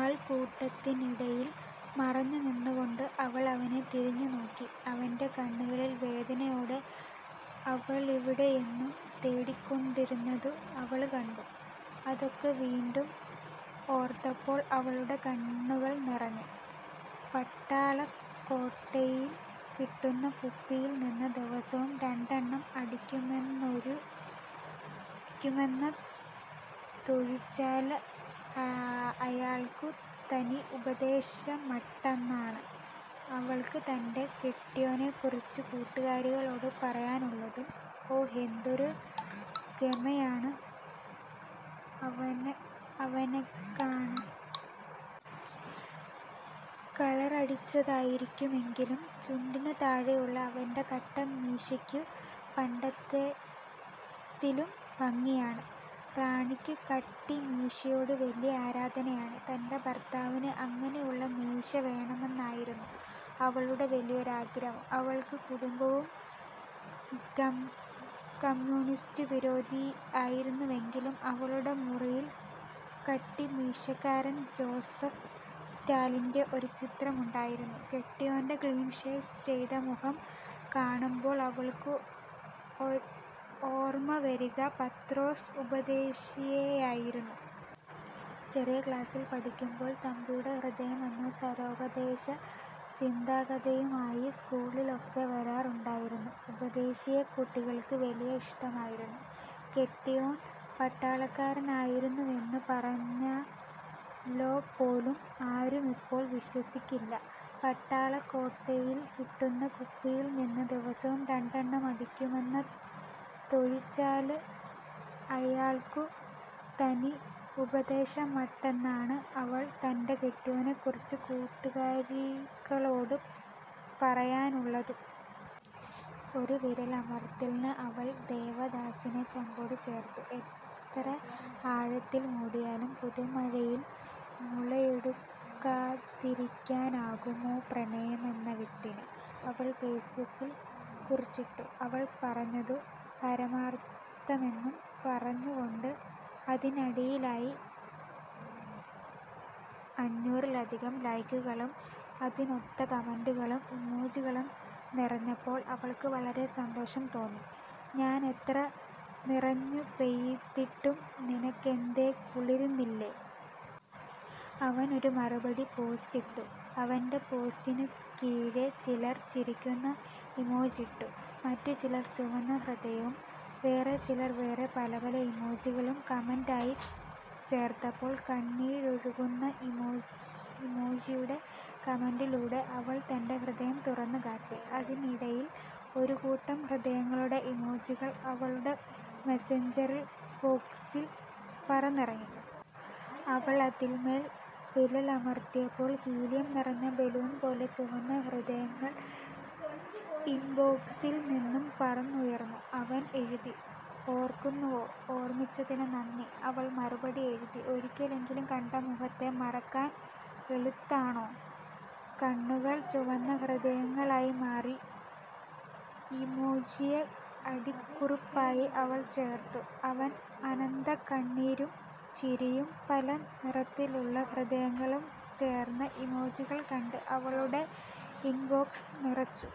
ആള്ക്കൂട്ടത്തിനിടയില് മറഞ്ഞുനിന്നുകൊണ്ട് അവള് അവനെ തിരിഞ്ഞു നോക്കി. അവന്റെ കണ്ണുകള് വേദനയോടെ അവളെവിടെയെന്നു തേടിക്കൊണ്ടിരുന്നതു അവള് കണ്ടു. അതൊക്കെ വീണ്ടും ഓര്ത്തപ്പോള് അവളുടെ കണ്ണുകള് നിറഞ്ഞു. പട്ടാള ക്വോട്ടയില് കിട്ടുന്ന കുപ്പിയില്നിന്നും ദിവസവും രണ്ടെണ്ണം അടിക്കുമെന്നതൊഴിച്ചാല്, അയാള്ക്കു തനി ഉപദേശിമട്ടെന്നാണ് അവള് തന്റെ കെട്ടിയോനെകുറിച്ച് കൂട്ടുകാരികളോട് പറയാനുള്ളതും 'ഓ എന്തൊരു ഗമയാണ് അവനെക്കാണാന്. കളറടിച്ചതായിരിക്കും എങ്കിലും ചുണ്ടിനു താഴെയുള്ള അവന്റെ കട്ടമീശക്കു പണ്ടത്തേതിലും ഭംഗിയാണ്. ' റാണിക്ക് കട്ടിമീശയോടു വലിയ ആരാധനയാണ്. തന്റെ ഭര്ത്താവിനു അങ്ങനെയുള്ള മീശവേണമെന്നതായിരുന്നു അവളുടെ വലിയൊരാഗ്രഹം. അവൾക്ക് കുടുംബവും കമ്മ്യൂണിസ്റ്റു വിരോധി ആയിരുന്നുവെങ്കിലും അവളുടെ മുറിയില് കട്ടിമീശക്കാരന് ജോസഫ് സ്റ്റാലിന്റെ ഒരു ചിത്രമുണ്ടായിരുന്നു. കെട്ടിയോന്റെ ക്ലീന്ഷേവ് ചെയ്ത മുഖം കാണുമ്പോള് അവള്ക്കു ഓര്മ്മവരിക പത്രോസ് ഉപദേശിയെയായിരുന്നു. ചെറിയ ക്ലാസ്സില് പഠിക്കുമ്പോള് 'തമ്പിയുടെ ഹൃദയം' എന്ന സാരോപദേശ ചിന്താകഥയുമായി സ്കൂളിലൊക്കെ വരാറുണ്ടായിരുന്ന ഉപദേശിയെ കുട്ടികള്ക്ക് വലിയ ഇഷ്ട്ടമായിരുന്നു. കെട്ടിയോന് പട്ടാളക്കാരനായിരുന്നുവെന്നു പറഞ്ഞാല്പോലും ആരുമിപ്പോള് വിശ്വസിക്കില്ല. പട്ടാള ക്വോട്ടയില് കിട്ടുന്ന കുപ്പിയില്നിന്നും ദിവസവും രണ്ടെണ്ണം അടിക്കുമെന്നതൊഴിച്ചാല്, അയാള്ക്കു തനി ഉപദേശിമട്ടെന്നാണ് അവള് തന്റെ കെട്ടിയോനെകുറിച്ച് കൂട്ടുകാരികളോട് പറയാനുള്ളതും. ഒരു വിരല് അമര്ത്തലില് അവള് ദേവദാസിനെ ചങ്കോടുചേര്ത്തു. 'എത്രയാഴത്തില് മൂടിയാലും പുതുമഴയില് മുളയെടുക്കാതിരിക്കാനാവുമോ പ്രണയമെന്ന വിത്തിന്' അവള് ഫേസ് ബുക്കില് കുറിച്ചിട്ടു. അവള് പറഞ്ഞതു പരമാര്ത്ഥമെന്നു പറഞ്ഞുകൊണ്ട് അതിനടിയിലായി അഞ്ഞൂറിലധികം ലൈക്കുകളും അതിനൊത്ത കമന്റുകളും ഇമോജികളും നിറഞ്ഞപ്പോള് അവള്ക്കു വളരെ സന്തോഷം തോന്നി. 'ഞാനെത്ര നിറഞ്ഞുപെയ്തിട്ടും നിനക്കെന്തേ കുളിര്ന്നില്ല? ' അവനൊരു മറുപടി പോസ്റ്റിട്ടു. അവന്റെ പോസ്റ്റിനു കീഴെ ചിലര് ചിരിക്കുന്ന ഇമോജിയിട്ടു. മറ്റുചിലര് ചുവന്ന ഹൃദയവും വേറെചിലര് വേറെ പലപല ഇമോജികളും കമന്റായി ചേര്ത്തപ്പോള് കണ്ണീരൊഴുക്കുന്ന ഇമോജിയുടെ കമന്റിലൂടെ അവള് തന്റെ ഹൃദയം തുറന്നു കാട്ടി. അതിനിടയില് ഒരുകൂട്ടം ഹൃദയങ്ങളുടെ ഇമോജികള് അവളുടെ മെസഞ്ചര് ബോക്സില് പറന്നിറങ്ങി. അവള് അതിന്മേല് വിരലമര്ത്തിയപ്പോള് ഹീലിയം നിറച്ച ബലൂണ്പോലെ ചുവന്ന ഹൃദയങ്ങള് ഇന്ബോക്സില് നിന്നും പറന്നുയര്ന്നു. അവന് എഴുതി 'ഓര്ക്കുന്നുവോ!. ഓര്മ്മിച്ചതിനു നന്ദി' അവള് മറുപടിയെഴുതി; 'ഒരിക്കലെങ്കിലും കണ്ട മുഖത്തെമറക്കാന് എളുപ്പാണോ? ' കണ്ണുകള് ചുവന്ന ഹൃദയങ്ങളായിമാറി ഇമോജിയെ അടിക്കുറിപ്പായി അവള് ചേര്ത്തു. അവന് ആനന്ദക്കണ്ണീരും ചിരിയും പലനിറത്തിലുള്ള ഹൃദയങ്ങളും ചേര്ന്ന ഇമോജികള് കൊണ്ട് അവളുടെ ഇന്ബോക്സ് നിറച്ചു.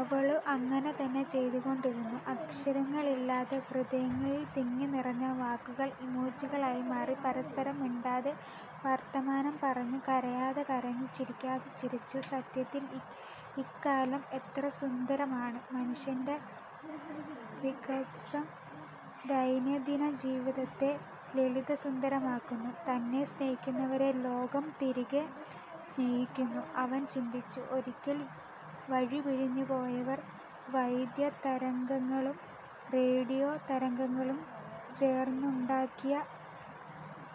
അവളും അങ്ങനെ തന്നെ ചെയ്തുകൊണ്ടിരുന്നു. അക്ഷരങ്ങളില്ലാതെ ഹൃദയങ്ങളില് തിങ്ങിനിറഞ്ഞ വാക്കുകള് ഇമോജികളായിമാറി പരസ്പരം മിണ്ടാതെ വര്ത്താനംപറഞ്ഞു, കരയാതെ കരഞ്ഞു. ചിരിക്കാതെ ചിരിച്ചു. 'സത്യത്തില് ഇക്കാലം എത്രസുന്ദരമാണ്. മനുഷ്യന്റെ വികാസം ദൈനംദിനജീവിതത്തെ ലളിതസുന്ദരമാക്കുന്നു. തന്നെ സ്നേഹിക്കുന്നവരെ ലോകം തിരികെ സ്നേഹിക്കുന്നു. ' അവന് ചിന്തിച്ചു. 'ഒരിക്കല് വഴിപിരിഞ്ഞുപോയവര് വൈദ്യതതരംഗങ്ങളും റേഡിയോ തരംഗങ്ങളും ചേര്ന്നുണ്ടാക്കിയ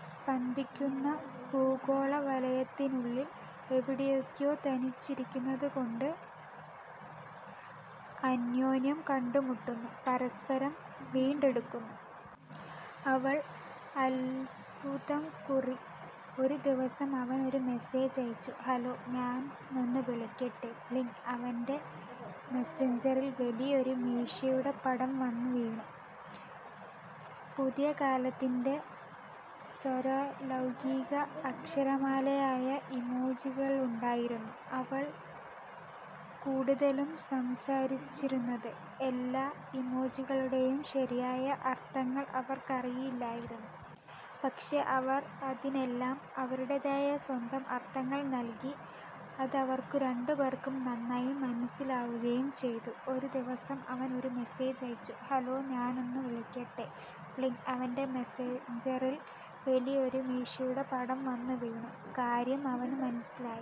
സ്പന്ദിക്കുന്ന ഭൂഗോളവലയത്തിനുള്ളില് എവിടെയൊക്കയോ തനിച്ചിരിക്കുന്നത്കൊണ്ട് അന്യോന്യം കണ്ടുമുട്ടുന്നു, പരസ്പരം വീണ്ടെടുക്കുന്നു!. ' അവള് അത്ഭുതം കുറി. ഒരു ദിവസം അവന് ഒരു മെസ്സേജ് അയച്ചു. 'ഹലോ ഞാനൊന്നു വിളിക്കട്ടെ? ' 'പ്ലിംഗ്' അവന്റെ മെസഞ്ചറില് വലിയൊരു മീശയുടെ പടം വന്നു വീണു. പുതിയ കാലത്തിന്റെ സാര്വലൌകീക അക്ഷരമാലയായ ഇമോജികളുണ്ടായിരുന്നു അവള് കൂടുതലും സംസാരിച്ചിരുന്നത്. എല്ലാ ഇമോജികളുടെയും ശരിയായ അര്ത്ഥങ്ങള് അവര്ക്കറിയില്ലായിരുന്നു. പക്ഷേ അവര്, അതിനെല്ലാം അവരുടേതായ സ്വന്തം അര്ത്ഥങ്ങള് നല്കി. അതവര്ക്കു രണ്ടുപേര്ക്കും നന്നായി മനസ്സിലാവുകയും ചെയ്തു. ഒരു ദിവസം അവന് ഒരു മെസ്സേജ് അയച്ചു. 'ഹലോ ഞാനൊന്നു വിളിക്കട്ടെ? ' 'പ്ലിംഗ്' അവന്റെ മെസഞ്ചറില് വലിയൊരു മീശയുടെ പടം വന്നു വീണു. കാര്യം അവനും മനസ്സിലായി.